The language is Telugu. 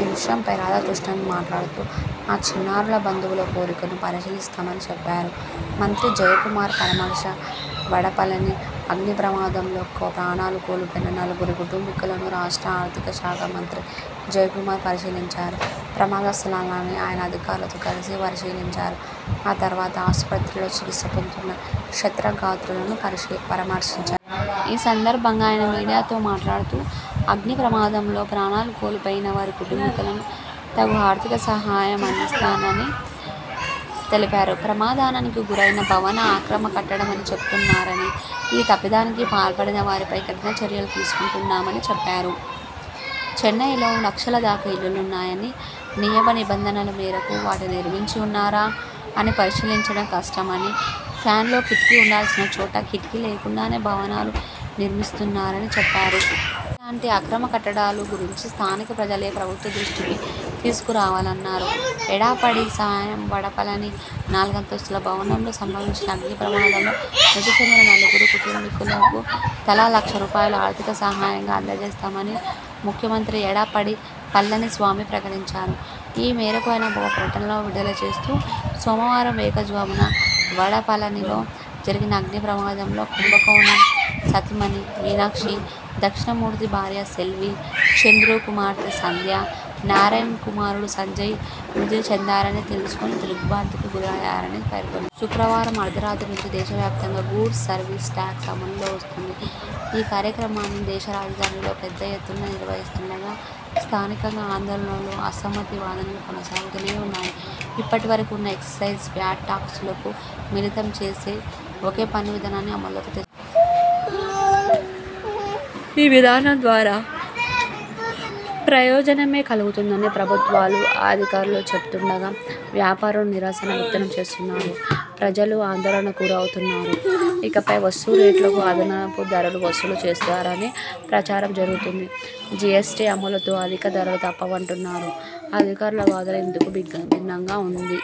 ఈ విషయమై రాధాకృష్ణన్ మాట్లాడుతూ ఆ చిన్నారుల బంధువుల కోరికను పరిశీలిస్తామని చెప్పారు. మంత్రి జయకుమార్ పరామర్శ వడపళని అగ్నిప్రమాదంలో ప్రాణాలు కోల్పోయిన నలుగురి కుటుంబీకులను రాష్ట్ర ఆర్థిక శాఖ మంత్రి జయకుమార్ పరామర్శించారు. ప్రమా దస్థలాన్ని ఆయన అధికారులతో కలిసి పరిశీలించారు. ఆ తర్వాత ఆస్పత్రిలో చికిత్స పొందుతున్న క్షతగాత్రులను పరామర్శించారు. ఈ సందర్భంగా ఆయన మీడియాతో మాట్లాడుతూ అగ్నిప్రమాదంలో ప్రాణాలు కోల్పోయిన వారి కుటుంబీకులకు తగు ఆర్థికసహాయాన్ని అం దిస్తామని తెలిపారు. ప్రమాదానికి గురైన భవనం అక్రమకట్టడమని చెబుతున్నారని, ఈ తప్పిదానికి పాల్పడినవారిపై కఠిన చర్యలు తీసుకుంటామని చెప్పారు. చెన్నైలో లక్షల దాకా ఇళ్లున్నాయని, నియమనిబంధనల మేరకు వాటిని నిర్మించి ఉన్నారా అని పరిశీలించడం కష్టమని, ప్లాన్లో కిటికీ ఉండాల్సిన చోట కిటికీ లేకుండానే భవనాలు నిర్మిస్తున్నారని చెప్పారు. ఇలాంటి అక్రమ కట్టడాలు గురించి స్థానిక ప్రజలే ప్రభుత్వ దృష్టికి తీసుకురావాలన్నారు. ఎడప్పాడి సాయం వడపళని నాలుగంతస్థుల భవనంలో సంభవించిన అగ్నిప్రమాదంలో మృతి చెందిన నలుగురి కుటుంబీకులకు తలా లక్షరూపాయలను ఆర్థిక సహాయంగా అంజేస్తామని ముఖ్యమంత్రి ఎడప్పాడి పళనిస్వామి ప్రకటించారు. ఈ మేరకు ఆయన ఓ ప్రకటన విడుదల చేస్తూ సోమవారం వేకువజామున వడపళనిలో జరిగిన అగ్నిప్రమాదంలో కుంభకోణం సతీమణి మీనాక్షి, దక్షిణామూర్తి భార్య సెల్వి, చంద్రు కుమార్తె సంధ్యా, నారాయణన్ కుమారుడు సంజయ్ మృతి చెందారని తెలుసుకుని దిగ్ర్భాంతికి గురయ్యానని పేర్కొన్నారు. శుక్రవారం అర్థరాత్రి నుంచి దేశవ్యాప్తంగా గూడ్స్ సర్వీస్ టాక్స్ అమలులోకి వస్తుంది. ఈ కార్యక్రమాన్ని దేశరాజధానిలో పెద్ద ఎత్తున నిర్వహిస్తుండగా, స్థానికంగా ఆందోళనలు, అసమ్మతి వాదనలు కొనసాగుతూనే ఉన్నాయి. ఇప్పటి వరకు ఉన్న ఎక్సైజ్, వ్యాట్ టాక్సులను మిళితం చేసి ఒకే పన్ను విధానాన్ని అమలులోకి తెచ్చారు. ఈ విధానం ద్వారా ప్రయోజనమే కలుగుతుందని ప్రభుత్వాలు, అధికారులు చెపుతుండగా, వ్యాపారులు నిరసన వ్యక్తం చేస్తున్నారు. ప్రజలు ఆందోళనకు గురవుతున్నారు. ఇకపై వస్తు రేట్లకు అదనపు ధరలు వసూలు చేస్తారనే ప్రచారం జరుగుతోంది. జిఎస్టీ అమలుతో అధిక ధరలు తప్పవంటున్నారు. అధికారుల వాదన ఇందుకు భిన్నంగా ఉంది.